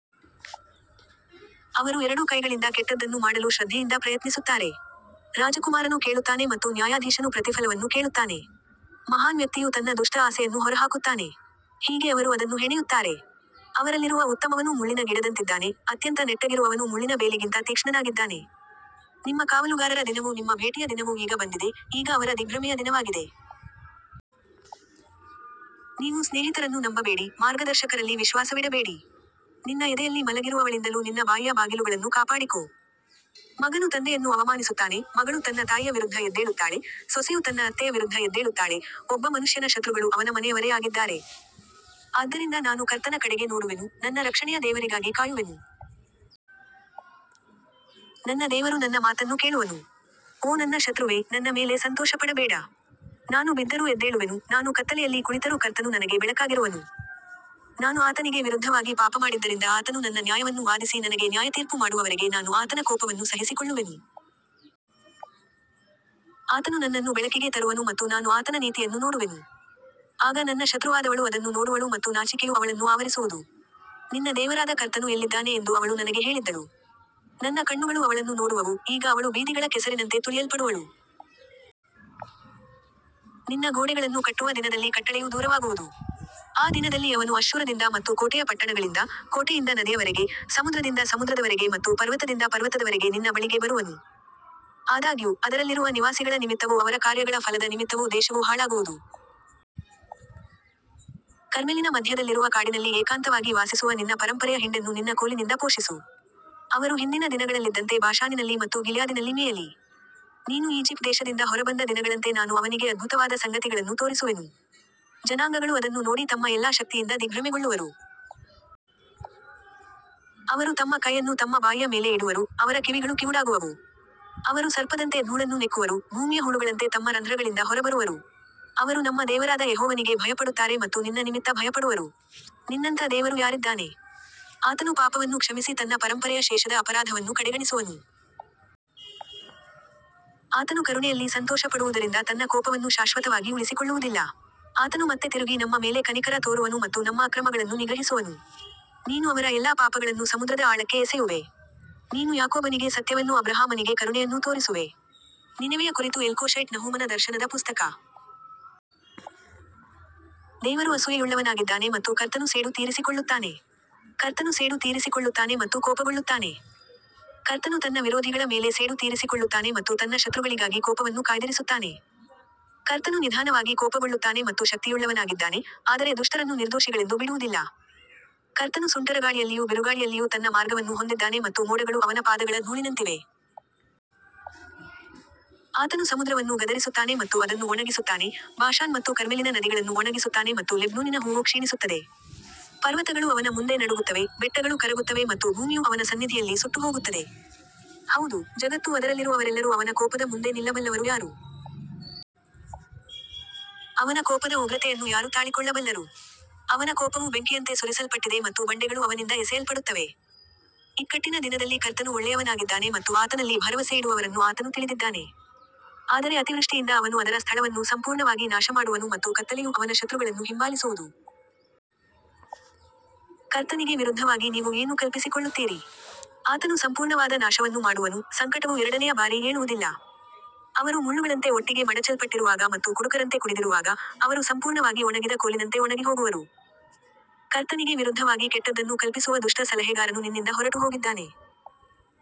ಅವರು ಎರಡೂ ಕೈಗಳಿಂದ ಕೆಟ್ಟದ್ದನ್ನು ಮಾಡಲು ಶ್ರದ್ಧೆಯಿಂದ ಪ್ರಯತ್ನಿಸುತ್ತಾರೆ. ರಾಜಕುಮಾರನು ಕೇಳುತ್ತಾನೆ ಮತ್ತು ನ್ಯಾಯಾಧೀಶನು ಪ್ರತಿಫಲವನ್ನು ಕೇಳುತ್ತಾನೆ. ಮಹಾನ್ ವ್ಯಕ್ತಿಯು ತನ್ನ ದುಷ್ಟ ಆಸೆಯನ್ನು ಹೊರಹಾಕುತ್ತಾನೆ. ಹೀಗೆ ಅವರು ಅದನ್ನು ಹೆಣೆಯುತ್ತಾರೆ. ಅವರಲ್ಲಿರುವ ಉತ್ತಮವನೂ ಮುಳ್ಳಿನ ಗಿಡದಂತಿದ್ದಾನೆ, ಅತ್ಯಂತ ನೆಟ್ಟಗಿರುವವನೂ ಮುಳ್ಳಿನ ಬೇಲಿಗಿಂತ ತೀಕ್ಷ್ಣನಾಗಿದ್ದಾನೆ. ನಿಮ್ಮ ಕಾವಲುಗಾರರ ದಿನವೂ ನಿಮ್ಮ ಭೇಟಿಯ ದಿನವೂ ಈಗ ಬಂದಿದೆ, ಈಗ ಅವರ ದಿಗ್ಭ್ರಮೆಯ ದಿನವಾಗಿದೆ. ನೀವು ಸ್ನೇಹಿತರನ್ನು ನಂಬಬೇಡಿ, ಮಾರ್ಗದರ್ಶಕರಲ್ಲಿ ವಿಶ್ವಾಸವಿಡಬೇಡಿ. ನಿನ್ನ ಎದೆಯಲ್ಲಿ ಮಲಗಿರುವವಳಿಂದಲೂ ನಿನ್ನ ಬಾಯಿಯ ಬಾಗಿಲುಗಳನ್ನು ಕಾಪಾಡಿಕೋ. ಮಗನು ತಂದೆಯನ್ನು ಅವಮಾನಿಸುತ್ತಾನೆ, ಮಗಳು ತನ್ನ ತಾಯಿಯ ವಿರುದ್ಧ ಎದ್ದೇಳುತ್ತಾಳೆ, ಸೊಸೆಯು ತನ್ನ ಅತ್ತೆಯ ವಿರುದ್ಧ ಎದ್ದೇಳುತ್ತಾಳೆ, ಒಬ್ಬ ಮನುಷ್ಯನ ಶತ್ರುಗಳು ಅವನ ಮನೆಯವರೇ ಆಗಿದ್ದಾರೆ. ಆದ್ದರಿಂದ ನಾನು ಕರ್ತನ ಕಡೆಗೆ ನೋಡುವೆನು, ನನ್ನ ರಕ್ಷಣೆಯ ದೇವರಿಗಾಗಿ ಕಾಯುವೆನು. ನನ್ನ ದೇವರು ನನ್ನ ಮಾತನ್ನು ಕೇಳುವನು. ಓ ನನ್ನ ಶತ್ರುವೇ, ನನ್ನ ಮೇಲೆ ಸಂತೋಷಪಡಬೇಡ. ನಾನು ಬಿದ್ದರೂ ಎದ್ದೇಳುವೆನು, ನಾನು ಕತ್ತಲೆಯಲ್ಲಿ ಕುಳಿತರೂ ಕರ್ತನು ನನಗೆ ಬೆಳಕಾಗಿರುವನು. ನಾನು ಆತನಿಗೆ ವಿರುದ್ಧವಾಗಿ ಪಾಪಮಾಡಿದ್ದರಿಂದ ಆತನು ನನ್ನ ನ್ಯಾಯವನ್ನು ವಾದಿಸಿ ನನಗೆ ನ್ಯಾಯತೀರ್ಪು ಮಾಡುವವರೆಗೆ ನಾನು ಆತನ ಕೋಪವನ್ನು ಸಹಿಸಿಕೊಳ್ಳುವೆನು. ಆತನು ನನ್ನನ್ನು ಬೆಳಕಿಗೆ ತರುವನು ಮತ್ತು ನಾನು ಆತನ ನೀತಿಯನ್ನು ನೋಡುವೆನು. ಆಗ ನನ್ನ ಶತ್ರುವಾದವಳು ಅದನ್ನು ನೋಡುವಳು ಮತ್ತು ನಾಚಿಕೆಯು ಅವಳನ್ನು ಆವರಿಸುವುದು. ನಿನ್ನ ದೇವರಾದ ಕರ್ತನು ಎಲ್ಲಿದ್ದಾನೆ ಎಂದು ಅವಳು ನನಗೆ ಹೇಳಿದ್ದಳು. ನನ್ನ ಕಣ್ಣುಗಳು ಅವಳನ್ನು ನೋಡುವವು, ಈಗ ಅವಳು ಬೀದಿಗಳ ಕೆಸರಿನಂತೆ ತುಳಿಯಲ್ಪಡುವಳು. ನಿನ್ನ ಗೋಡೆಗಳನ್ನು ಕಟ್ಟುವ ದಿನದಲ್ಲಿ ಕಟ್ಟಳೆಯು ದೂರವಾಗುವುದು. ಆ ದಿನದಲ್ಲಿ ಅವನು ಅಶ್ಶೂರದಿಂದ ಮತ್ತು ಕೋಟೆಯ ಪಟ್ಟಣಗಳಿಂದ, ಕೋಟೆಯಿಂದ ನದಿಯವರೆಗೆ, ಸಮುದ್ರದಿಂದ ಸಮುದ್ರದವರೆಗೆ ಮತ್ತು ಪರ್ವತದಿಂದ ಪರ್ವತದವರೆಗೆ ನಿನ್ನ ಬಳಿಗೆ ಬರುವನು. ಆದಾಗ್ಯೂ, ಅದರಲ್ಲಿರುವ ನಿವಾಸಿಗಳ ನಿಮಿತ್ತವೂ ಅವರ ಕಾರ್ಯಗಳ ಫಲದ ನಿಮಿತ್ತವೂ ದೇಶವು ಹಾಳಾಗುವುದು. ಕರ್ಮೆಲಿನ ಮಧ್ಯದಲ್ಲಿರುವ ಕಾಡಿನಲ್ಲಿ ಏಕಾಂತವಾಗಿ ವಾಸಿಸುವ ನಿನ್ನ ಪರಂಪರೆಯ ಹಿಂಡನ್ನು ನಿನ್ನ ಕೋಲಿನಿಂದ ಪೋಷಿಸು. ಅವರು ಹಿಂದಿನ ದಿನಗಳಲ್ಲಿದ್ದಂತೆ ಬಾಷಾನಿನಲ್ಲಿ ಮತ್ತು ಗಿಲ್ಯಾದಿನಲ್ಲಿ ಮೇಯಲಿ. ನೀನು ಈಜಿಪ್ಟ್ ದೇಶದಿಂದ ಹೊರಬಂದ ದಿನಗಳಂತೆ ನಾನು ಅವನಿಗೆ ಅದ್ಭುತವಾದ ಸಂಗತಿಗಳನ್ನು ತೋರಿಸುವೆನು. ಜನಾಂಗಗಳು ಅದನ್ನು ನೋಡಿ ತಮ್ಮ ಎಲ್ಲಾ ಶಕ್ತಿಯಿಂದ ದಿಗ್ಭ್ರಮೆಗೊಳ್ಳುವರು. ಅವರು ತಮ್ಮ ಕೈಯನ್ನು ತಮ್ಮ ಬಾಯಿಯ ಮೇಲೆ ಇಡುವರು, ಅವರ ಕಿವಿಗಳು ಕಿವುಡಾಗುವವು. ಅವರು ಸರ್ಪದಂತೆ ಧೂಳನ್ನು ನೆಕ್ಕುವರು, ಭೂಮಿಯ ಹುಳುಗಳಂತೆ ತಮ್ಮ ರಂಧ್ರಗಳಿಂದ ಹೊರಬರುವರು. ಅವರು ನಮ್ಮ ದೇವರಾದ ಯೆಹೋವನಿಗೆ ಭಯಪಡುತ್ತಾರೆ ಮತ್ತು ನಿನ್ನ ನಿಮಿತ್ತ ಭಯಪಡುವರು. ನಿನ್ನಂಥ ದೇವರು ಯಾರಿದ್ದಾನೆ? ಆತನು ಪಾಪವನ್ನು ಕ್ಷಮಿಸಿ ತನ್ನ ಪರಂಪರೆಯ ಶೇಷದ ಅಪರಾಧವನ್ನು ಕಡೆಗಣಿಸುವನು. ಆತನು ಕರುಣೆಯಲ್ಲಿ ಸಂತೋಷಪಡುವುದರಿಂದ ತನ್ನ ಕೋಪವನ್ನು ಶಾಶ್ವತವಾಗಿ ಉಳಿಸಿಕೊಳ್ಳುವುದಿಲ್ಲ. ಆತನು ಮತ್ತೆ ತಿರುಗಿ ನಮ್ಮ ಮೇಲೆ ಕನಿಕರ ತೋರುವನು ಮತ್ತು ನಮ್ಮ ಅಕ್ರಮಗಳನ್ನು ನಿಗ್ರಹಿಸುವನು. ನೀನು ಅವರ ಎಲ್ಲಾ ಪಾಪಗಳನ್ನು ಸಮುದ್ರದ ಆಳಕ್ಕೆ ಎಸೆಯುವೆ. ನೀನು ಯಾಕೋಬನಿಗೆ ಸತ್ಯವನ್ನೂ ಅಬ್ರಹಾಮನಿಗೆ ಕರುಣೆಯನ್ನೂ ತೋರಿಸುವೆ. ನಿನೆವೆಯ ಕುರಿತು ಎಲ್ಕೋಷೈಟ್ ನಹೂಮನ ದರ್ಶನದ ಪುಸ್ತಕ. ದೇವರು ಅಸೂಯೆಯುಳ್ಳವನಾಗಿದ್ದಾನೆ ಮತ್ತು ಕರ್ತನು ಸೇಡು ತೀರಿಸಿಕೊಳ್ಳುತ್ತಾನೆ. ಕರ್ತನು ಸೇಡು ತೀರಿಸಿಕೊಳ್ಳುತ್ತಾನೆ ಮತ್ತು ಕೋಪಗೊಳ್ಳುತ್ತಾನೆ. ಕರ್ತನು ತನ್ನ ವಿರೋಧಿಗಳ ಮೇಲೆ ಸೇಡು ತೀರಿಸಿಕೊಳ್ಳುತ್ತಾನೆ ಮತ್ತು ತನ್ನ ಶತ್ರುಗಳಿಗಾಗಿ ಕೋಪವನ್ನು ಕಾಯ್ದಿರಿಸುತ್ತಾನೆ. ಕರ್ತನು ನಿಧಾನವಾಗಿ ಕೋಪಗೊಳ್ಳುತ್ತಾನೆ ಮತ್ತು ಶಕ್ತಿಯುಳ್ಳವನಾಗಿದ್ದಾನೆ, ಆದರೆ ದುಷ್ಟರನ್ನು ನಿರ್ದೋಷಿಗಳೆಂದು ಬಿಡುವುದಿಲ್ಲ. ಕರ್ತನು ಸುಂಟರಗಾಳಿಯಲ್ಲಿಯೂ ಬಿರುಗಾಳಿಯಲ್ಲಿಯೂ ತನ್ನ ಮಾರ್ಗವನ್ನು ಹೊಂದಿದ್ದಾನೆ ಮತ್ತು ಮೋಡಗಳು ಅವನ ಪಾದಗಳ ಧೂಳಿನಂತಿವೆ. ಆತನು ಸಮುದ್ರವನ್ನು ಗದರಿಸುತ್ತಾನೆ ಮತ್ತು ಅದನ್ನು ಒಣಗಿಸುತ್ತಾನೆ, ಬಾಷಾನ್ ಮತ್ತು ಕರ್ಮೆಲಿನ ನದಿಗಳನ್ನು ಒಣಗಿಸುತ್ತಾನೆ ಮತ್ತು ಲೆಬನೋನಿನ ಹೂವು ಕ್ಷೀಣಿಸುತ್ತದೆ. ಪರ್ವತಗಳು ಅವನ ಮುಂದೆ ನಡುಗುತ್ತವೆ, ಬೆಟ್ಟಗಳು ಕರಗುತ್ತವೆ ಮತ್ತು ಭೂಮಿಯು ಅವನ ಸನ್ನಿಧಿಯಲ್ಲಿ ಸುಟ್ಟುಹೋಗುತ್ತದೆ. ಹೌದು, ಜಗತ್ತೂ ಅದರಲ್ಲಿರುವವರೆಲ್ಲರೂ ಅವನ ಕೋಪದ ಮುಂದೆ ನಿಲ್ಲಬಲ್ಲವರು ಯಾರು? ಅವನ ಕೋಪದ ಉಗ್ರತೆಯನ್ನು ಯಾರು ತಾಳಿಕೊಳ್ಳಬಲ್ಲರು? ಅವನ ಕೋಪವು ಬೆಂಕಿಯಂತೆ ಸುರಿಸಲ್ಪಟ್ಟಿದೆ ಮತ್ತು ಬಂಡೆಗಳು ಅವನಿಂದ ಎಸೆಯಲ್ಪಡುತ್ತವೆ. ಇಕ್ಕಟ್ಟಿನ ದಿನದಲ್ಲಿ ಕರ್ತನು ಒಳ್ಳೆಯವನಾಗಿದ್ದಾನೆ ಮತ್ತು ಆತನಲ್ಲಿ ಭರವಸೆಯಿಡುವವರನ್ನು ಆತನು ತಿಳಿದಿದ್ದಾನೆ. ಆದರೆ ಅತಿವೃಷ್ಟಿಯಿಂದ ಅವನು ಅದರ ಸ್ಥಳವನ್ನು ಸಂಪೂರ್ಣವಾಗಿ ನಾಶಮಾಡುವನು ಮತ್ತು ಕತ್ತಲೆಯು ಅವನ ಶತ್ರುಗಳನ್ನು ಹಿಂಬಾಲಿಸುವುದು. ಕರ್ತನಿಗೆ ವಿರುದ್ಧವಾಗಿ ನೀವು ಏನು ಕಲ್ಪಿಸಿಕೊಳ್ಳುತ್ತೀರಿ? ಆತನು ಸಂಪೂರ್ಣವಾದ ನಾಶವನ್ನು ಮಾಡುವನು, ಸಂಕಟವು ಎರಡನೆಯ ಬಾರಿ ಏಳುವುದಿಲ್ಲ. ಅವರು ಮುಳ್ಳುಗಳಂತೆ ಒಟ್ಟಿಗೆ ಮಡಚಲ್ಪಟ್ಟಿರುವಾಗ ಮತ್ತು ಕುಡುಕರಂತೆ ಕುಡಿದಿರುವಾಗ, ಅವರು ಸಂಪೂರ್ಣವಾಗಿ ಒಣಗಿದ ಕೋಲಿನಂತೆ ಒಣಗಿಹೋಗುವರು. ಕರ್ತನಿಗೆ ವಿರುದ್ಧವಾಗಿ ಕೆಟ್ಟದ್ದನ್ನು ಕಲ್ಪಿಸುವ ದುಷ್ಟ ಸಲಹೆಗಾರನು ನಿನ್ನಿಂದ ಹೊರಟುಹೋಗಿದ್ದಾನೆ.